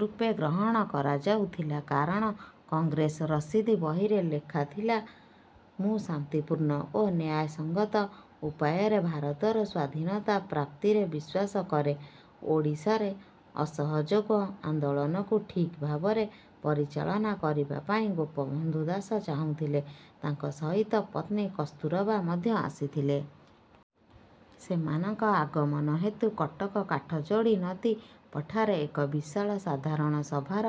ରୂପେ ଗ୍ରହଣ କରାଯାଉଥିଲା। କାରଣ କଂଗ୍ରେସ ରସିଦ୍ ବହିରେ ଲେଖା ଥିଲା ମୁଁ ଶାନ୍ତି ପୂର୍ଣ୍ଣ ଓ ନ୍ୟାୟ ସଂଗତ ଉପାୟରେ ଭାରତର ସ୍ୱାଧୀନତା ପ୍ରାପ୍ତିରେ ବିଶ୍ୱାସ କରେ। ଓଡ଼ିଶାରେ ଅସହଯୋଗ ଆନ୍ଦୋଳନକୁ ଠିକ୍ ଭାବରେ ପରିଚାଳନା କରିବା ପାଇଁ ଗୋପବନ୍ଧୁ ଦାସ ଚାହୁଁଥିଲେ। ତାଙ୍କ ସହିତ ପତ୍ନୀ କସ୍ତୁରବା ମଧ୍ୟ ଆସିଥିଲେ। ସେମାନଙ୍କ ଆଗମନ ହେତୁ କଟକ କାଠଯୋଡ଼ି ନଦୀ ପଠାରେ ଏକ ବିଶାଳ ସାଧାରଣ ସଭାର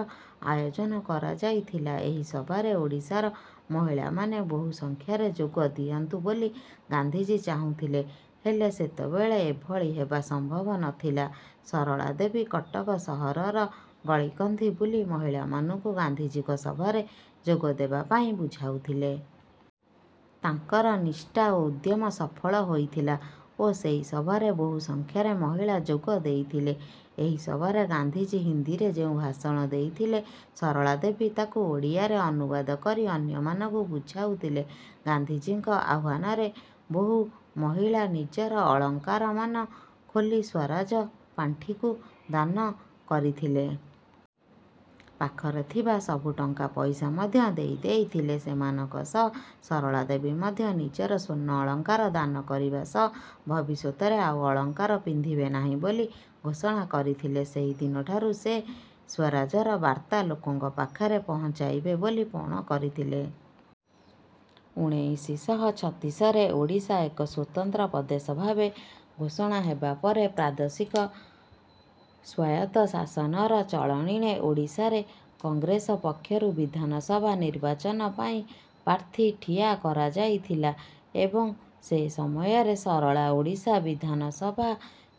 ଆୟୋଜନ କରାଯାଇଥିଲା। ଏହି ସଭାରେ ଓଡ଼ିଶାର ମହିଳା ମାନେ ବହୁ ସଂଖ୍ୟାରେ ଯୋଗ ଦିଅନ୍ତୁ ବୋଲି ଗାନ୍ଧିଜୀ ଚାହୁଁଥିଲେ। ହେଲେ ସେତେବେଳେ ଏଭଳି ହେବା ସମ୍ଭବ ନଥିଲା। ସରଳା ଦେବୀ କଟକ ସହରର ଗଳିକନ୍ଦି ବୁଲି ମହିଳାମାନଙ୍କୁ ଗାନ୍ଧିଜୀଙ୍କ ସଭାରେ ଯୋଗ ଦେବାପାଇଁ ବୁଝାଇଥିଲେ। ତାଙ୍କର ନିଷ୍ଠା ଓ ଉଦ୍ୟମ ସଫଳ ହୋଇଥିଲା ଓ ସେହି ସଭାରେ ବହୁ ସଂଖ୍ୟାରେ ମହିଳା ଯୋଗ ଦେଇଥିଲେ। ଏହି ସଭାରେ ଗାନ୍ଧିଜୀ ହିନ୍ଦୀରେ ଯେଉଁ ଭାଷଣ ଦେଇଥିଲେ, ସରଳା ଦେବୀ ତାକୁ ଓଡ଼ିଆରେ ଅନୁବାଦ କରି ଅନ୍ୟମାନଙ୍କୁ ବୁଝାଉଥିଲେ। ଗାନ୍ଧିଜୀଙ୍କ ଆହ୍ୱାନରେ ବହୁ ମହିଳା ନିଜର ଅଳଙ୍କାର ମାନ ଖୋଲି ସ୍ୱରାଜ ପାଣ୍ଠିକୁ ଦାନ କରିଥିଲେ। ପାଖରେ ଥିବା ସବୁ ଟଙ୍କା ପଇସା ମଧ୍ୟ ଦେଇଦେଇଥିଲେ। ସେମାନଙ୍କ ସହ ସରଳାଦେବୀ ମଧ୍ୟ ନିଜର ସ୍ୱର୍ଣ୍ଣ ଅଳଙ୍କାର ଦାନ କରିବା ସହ ଭବିଷ୍ୟତରେ ଆଉ ଅଳଙ୍କାର ପିନ୍ଧିବେ ନାହିଁ ବୋଲି ଘୋଷଣା କରିଥିଲେ। ସେହିଦିନଠାରୁ ସେ ସ୍ୱରାଜର ବାର୍ତ୍ତା ଲୋକଙ୍କ ପାଖରେ ପହଞ୍ଚାଇବେ ବୋଲି ପଣ କରିଥିଲେ। ଉଣେଇଶି ଶହ ଛତିଶରେ ଓଡ଼ିଶା ଏକ ସ୍ୱତନ୍ତ୍ର ପ୍ରଦେଶ ଭାବେ ଘୋଷଣା ହେବାପରେ ପ୍ରାଦେଶିକ ସ୍ୱାୟତ୍ତ ଶାସନର ଚଳଣିରେ ଓଡ଼ିଶାରେ କଂଗ୍ରେସ ପକ୍ଷରୁ ବିଧାନ ସଭା ନିର୍ବାଚନ ପାଇଁ ପ୍ରାର୍ଥୀ ଠିଆ କରାଯାଇଥିଲା। ଏବଂ ସେସମୟରେ ସରଳା ଓଡ଼ିଶା ବିଧାନ ସଭା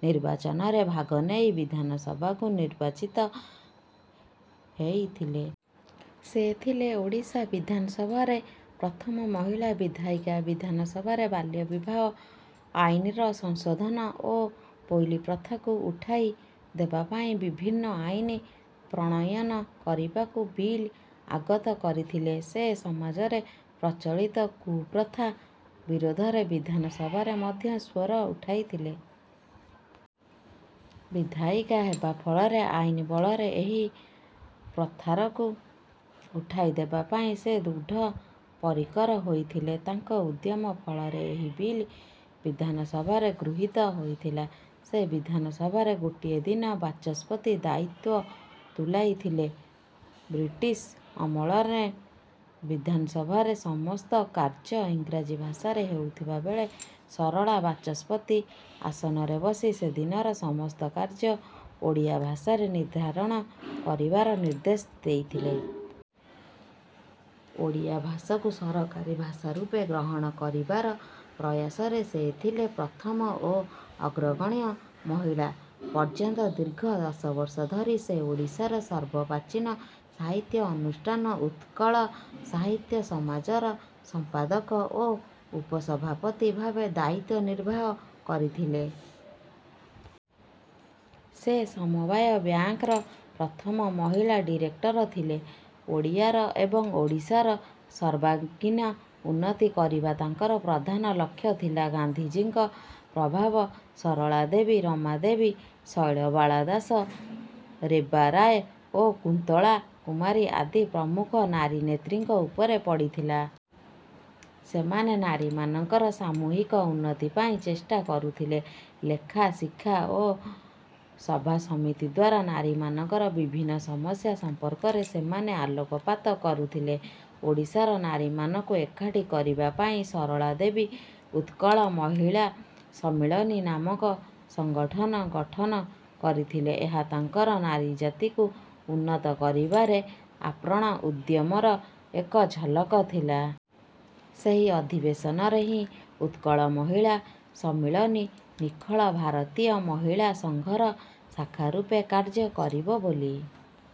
ନିର୍ବାଚନରେ ଭାଗ ନେଇ ବିଧାନ ସଭାକୁ ନିର୍ବାଚିତ ହେଇଥିଲେ। ସେ ଥିଲେ ଓଡ଼ିଶା ବିଧାନ ସଭାରେ ପ୍ରଥମ ମହିଳା ବିଧାୟିକା। ବିଧାନ ସଭାରେ ବାଲ୍ୟ ବିବାହ ଆଇନ୍ ର ସଂଶୋଧନ ଓ ପୋଇଲି ପ୍ରଥାକୁ ଉଠାଇ ଦେବା ପାଇଁ ବିଭିନ୍ନ ଆଇନ୍ ପ୍ରଣୟନ କରିବାକୁ ବିଲ୍ ଆଗତ କରିଥିଲେ। ସେ ସମାଜରେ ପ୍ରଚଳିତ କୁପ୍ରଥା ବିରୋଧରେ ବିଧାନ ସଭାରେ ମଧ୍ୟ ସ୍ୱର ଉଠାଇଥିଲେ। ବିଧାୟିକା ହେବା ଫଳରେ ଆଇନ୍ ବଳରେ ଏହି ପ୍ରଥାରକୁ ଉଠାଇ ଦେବା ପାଇଁ ସେ ଦୃଢ଼ ପରିକର ହୋଇଥିଲେ। ତାଙ୍କ ଉଦ୍ୟମ ଫଳରେ ଏହି ବିଲ୍ ବିଧାନ ସଭାରେ ଗୃହୀତ ହୋଇଥିଲା। ସେ ବିଧାନ ସଭାରେ ଗୋଟିଏ ଦିନ ବାଚସ୍ପତି ଦାୟିତ୍ୱ ତୁଲାଇଥିଲେ। ବ୍ରିଟିଶ୍ ଆମଳରେ ବିଧାନ ସଭାରେ ସମସ୍ତ କାର୍ଯ୍ୟ ଇଂରାଜୀ ଭାଷାରେ ହେଉଥିବା ବେଳେ, ସରଳା ବାଚସ୍ପତି ଆସନରେ ବସି ସେଦିନର ସମସ୍ତ କାର୍ଯ୍ୟ ଓଡ଼ିଆ ଭାଷାରେ ନିର୍ଧାରଣ କରିବାର ନିର୍ଦ୍ଦେଶ ଦେଇଥିଲେ। ଓଡ଼ିଆ ଭାଷାକୁ ସରକାରୀ ଭାଷା ରୂପେ ଗ୍ରହଣ କରିବାର ପ୍ରୟାସରେ ସେ ଥିଲେ ପ୍ରଥମ ଓ ଅଗ୍ରଗଣ୍ୟ ମହିଳା। ପର୍ଯ୍ୟନ୍ତ ଦୀର୍ଘ ଦଶବର୍ଷ ଧରି ସେ ଓଡ଼ିଶାର ସର୍ବପ୍ରାଚୀନ ସାହିତ୍ୟ ଅନୁଷ୍ଠାନ ଉତ୍କଳ ସାହିତ୍ୟ ସମାଜର ସମ୍ପାଦକ ଓ ଉପସଭାପତି ଭାବେ ଦାୟିତ୍ୱ ନିର୍ବାହ କରିଥିଲେ। ସେ ସମବାୟ ବ୍ୟାଙ୍କର ପ୍ରଥମ ମହିଳା ଡିରେକ୍ଟର ଥିଲେ। ଓଡ଼ିଆର ଏବଂ ଓଡ଼ିଶାର ସର୍ବାଙ୍ଗୀନ ଉନ୍ନତି କରିବା ତାଙ୍କର ପ୍ରଧାନ ଲକ୍ଷ୍ୟ ଥିଲା। ଗାନ୍ଧିଜୀଙ୍କ ପ୍ରଭାବ ସରଳା ଦେବୀ, ରମା ଦେବୀ, ଶୈଳବାଳା ଦାସ, ରେବା ରାୟ ଓ କୁନ୍ତଳା କୁମାରୀ ଆଦି ପ୍ରମୁଖ ନାରୀନେତ୍ରୀଙ୍କ ଉପରେ ପଡ଼ିଥିଲା। ସେମାନେ ନାରୀମାନଙ୍କର ସାମୂହିକ ଉନ୍ନତି ପାଇଁ ଚେଷ୍ଟା କରୁଥିଲେ। ଲେଖା, ଶିକ୍ଷା ଓ ସଭାସମିତିଦ୍ୱାରା ନାରୀମାନଙ୍କର ବିଭିନ୍ନ ସମସ୍ୟା ସମ୍ପର୍କରେ ସେମାନେ ଆଲୋକପାତ କରୁଥିଲେ। ଓଡ଼ିଶାର ନାରୀମାନଙ୍କୁ ଏକାଠି କରିବାପାଇଁ ସରଳା ଦେବୀ ଉତ୍କଳ ମହିଳା ସମ୍ମିଳନୀ ନାମକ ସଂଗଠନ ଗଠନ କରିଥିଲେ। ଏହା ତାଙ୍କର ନାରୀଜାତିକୁ ଉନ୍ନତ କରିବାର ଆପ୍ରାଣ ଉଦ୍ୟମର ଏକ ଝଲକ ଥିଲା। ସେହି ଅଧିବେଶନରେ ହିଁ ଉତ୍କଳ ମହିଳା ସମ୍ମିଳନୀ, ନିଖିଳ ଭାରତୀୟ ମହିଳା ସଂଘର ଶାଖା ରୂପେ କାର୍ଯ୍ୟ କରିବ ବୋଲି